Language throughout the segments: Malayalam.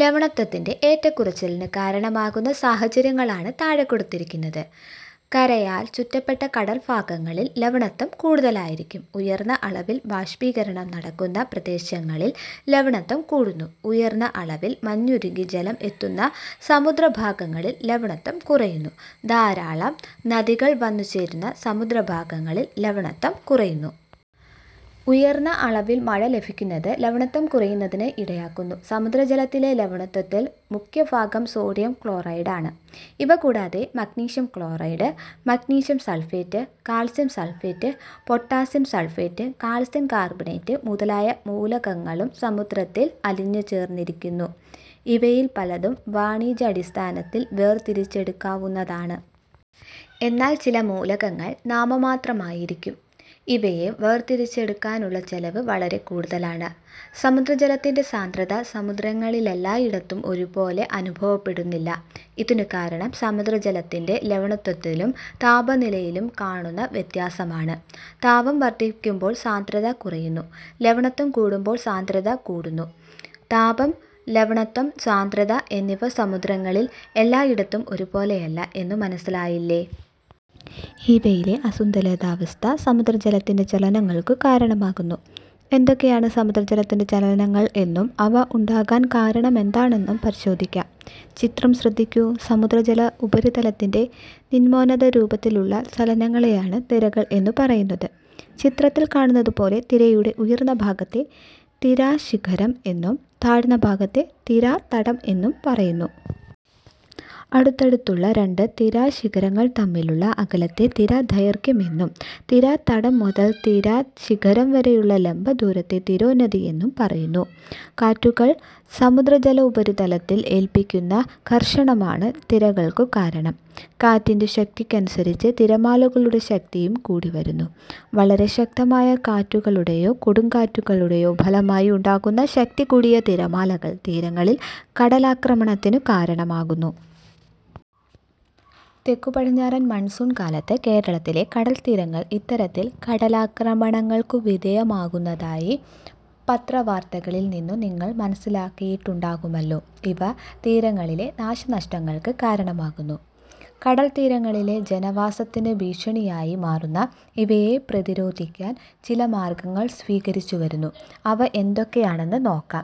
ലവണത്വത്തിന്റെ ഏറ്റക്കുറച്ചിലിന് കാരണമാകുന്ന സാഹചര്യങ്ങളാണ് താഴെ കൊടുത്തിരിക്കുന്നത്. കരയാൽ ചുറ്റപ്പെട്ട കടൽഭാഗങ്ങളിൽ ലവണത്വം കൂടുതലായിരിക്കും. ഉയർന്ന അളവിൽ ബാഷ്പീകരണം നടക്കുന്ന പ്രദേശങ്ങളിൽ ലവണത്വം കൂടുന്നു. ഉയർന്ന അളവിൽ മഞ്ഞുരുകി ജലം എത്തുന്ന സമുദ്രഭാഗങ്ങളിൽ ലവണത്വം കുറയുന്നു. ധാരാളം നദികൾ വന്നു ചേരുന്ന സമുദ്ര ഭാഗങ്ങളിൽ ലവണത്വം കുറയുന്നു. ഉയർന്ന അളവിൽ മഴ ലഭിക്കുന്നത് ലവണത്വം കുറയുന്നതിന് ഇടയാക്കുന്നു. സമുദ്രജലത്തിലെ ലവണത്വത്തിൽ മുഖ്യഭാഗം സോഡിയം ക്ലോറൈഡ് ആണ്. ഇവ കൂടാതെ magnesium chloride, magnesium sulphate, calcium sulphate, potassium sulphate, calcium carbonate മുതലായ മൂലകങ്ങളും സമുദ്രജലത്തിൽ അലിഞ്ഞുചേർന്നിരിക്കുന്നു. ഇവയിൽ പലതും വാണിജ്യാടിസ്ഥാനത്തിൽ വേർ തിരിച്ചെടുക്കാവുന്നതാണ്. എന്നാൽ ചില മൂലകങ്ങൾ നാമമാത്രമായിരിക്കും. ഇവയെ വേർതിരിച്ചെടുക്കാനുള്ള ചെലവ് വളരെ കൂടുതലാണ്. സമുദ്രജലത്തിന്റെ സാന്ദ്രത സമുദ്രങ്ങളിലെല്ലായിടത്തും ഒരുപോലെ അനുഭവപ്പെടുന്നില്ല. ഇതിനു കാരണം സമുദ്രജലത്തിന്റെ ലവണത്വത്തിലും താപനിലയിലും കാണുന്ന വ്യത്യാസമാണ്. താപം വർധിക്കുമ്പോൾ സാന്ദ്രത കുറയുന്നു; ലവണത്വം കൂടുമ്പോൾ സാന്ദ്രത കുടുന്നു. താപം, ലവണത്വം, സാന്ദ്രത എന്നിവ സമുദ്രങ്ങളിൽ എല്ലായിടത്തും ഒരുപോലെയല്ല എന്നു മനസ്സിലായില്ലേ. ഇവയിലെ അസന്തുലിതാവസ്ഥ സമുദ്രജലത്തിന്റെ ചലനങ്ങൾക്കു കാരണമാകുന്നു. ഏതൊക്കെയാണ് സമുദ്രജലത്തിന്റെ ചലനങ്ങൾ എന്നും അവ ഉണ്ടാകാൻ കാരണമെന്താണെന്നും പരിശോധിക്കാം. ചിത്രം ശ്രദ്ധിക്കൂ. സമുദ്രജല ഉപരിതലത്തിന്റെ നിമ്നോന്നത രൂപത്തിലുള്ള ചലനങ്ങളെയാണ് തിരകൾ എന്നു പറയുന്നത്. ചിത്രത്തിൽ കാണുന്നതുപോലെ തിരയുടെ ഉയർന്ന ഭാഗത്തെ തിരാശിഖരം എന്നും താഴ്ന്ന ഭാഗത്തെ തിരാതടം എന്നും പറയുന്നു. അടുത്തടുത്തുള്ള രണ്ട് തിരാശിഖരങ്ങൾ തമ്മിലുള്ള അകലത്തെ തിരാദൈർഘ്യം എന്നും തിരാതടം മുതൽ തിരശിഖരം വരെയുള്ള ലംബദൂരത്തെ തിരോന്നതി എന്നും പറയുന്നു. കാറ്റുകൾ സമുദ്രജലോപരിതലത്തിൽ ഏൽപ്പിക്കുന്ന ഘർഷണമാണ് തിരകൾക്കു കാരണം. കാറ്റിന്റെ ശക്തിക്കനുസരിച്ച് തിരമാലകളുടെ ശക്തിയും കൂടിവരുന്നു. വളരെ ശക്തമായ കാറ്റുകളുടെയോ കൊടുങ്കാറ്റുകളുടെയോ ഫലമായി ഉണ്ടാകുന്ന ശക്തികൂടിയ തിരമാലകൾ തീരങ്ങളിൽ കടലാക്രമണത്തിനു കാരണമാകുന്നു. തെക്കു-പടിഞ്ഞാറൻ മൺസൂൺ കാലത്ത് കേരളത്തിലെ കടൽത്തീരങ്ങൾ ഇത്തരത്തിൽ കടലാക്രമണങ്ങൾക്കു വിധേയമാകുന്നതായി പത്രവാർത്തകളിൽ നിന്നു നിങ്ങൾ മനസ്സിലാക്കിയിട്ടുണ്ടാകുമല്ലോ. ഇവ തീരങ്ങളിലെ നാശനഷ്ടങ്ങങ്ങൾക്ക് കാരണമാകുന്നു. കടൽത്തീരങ്ങളിലെ ജനവാസത്തിന് ഭീഷണിയായി മാറുന്ന ഇവയെ പ്രതിരോധിക്കാൻ ചില മാർഗങ്ങൾ സ്വീകരിച്ചുവരുന്നു. അവ എന്തൊക്കെയെന്ന് നോക്കൂ.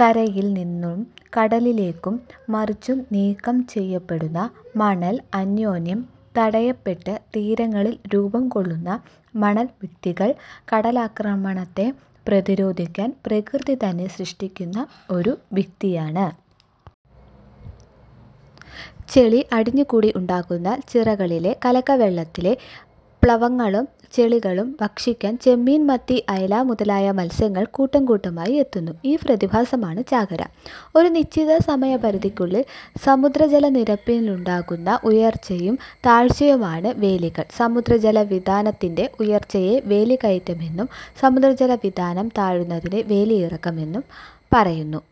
കരയിൽ നിന്നു കടലിലേക്കും മറിച്ചും നീക്കം ചെയ്യപ്പെടുന്ന മണൽ അന്യോന്യം തടയപ്പെട്ട് തീരങ്ങളിൽ രൂപംകൊള്ളുന്ന മണൽഭിത്തികൾ കടലാക്രമണത്തെ പ്രതിരോധിക്കാൻ പ്രകൃതിതന്നെ സൃഷ്ടിക്കുന്ന ഒരു ഭിത്തിയാണ്. ചെളി അടിഞ്ഞുകൂടി ഉണ്ടാകുന്ന ചിറകളിലെ കലക്കവെളളത്തിലെ പ്ലവകങ്ങളും ചെളികളുംഭക്ഷിക്കാൻ ചെമ്മീൻ, മത്തി, അയല മുതലായ മത്സ്യങ്ങൾ കൂട്ടംകൂട്ടമായി എത്തുന്നു. ഈ പ്രതിഭാസമാണ് ചാകര. ഒരു നിശ്ചിത സമയപരിധിക്കുള്ളിൽ സമുദ്രജലനിരപ്പിനുണ്ടാകുന്ന ഉയർച്ചയും താഴ്ചയുമാണ് വേലികൾ. സമുദ്രജല വിതാനത്തിന്റെ ഉയർച്ചയെ വേലിയേറ്റമെന്നും സമുദ്രജല വിതാനം താഴുന്നതിനെ വേലിയിറക്കമെന്നും പറയുന്നു.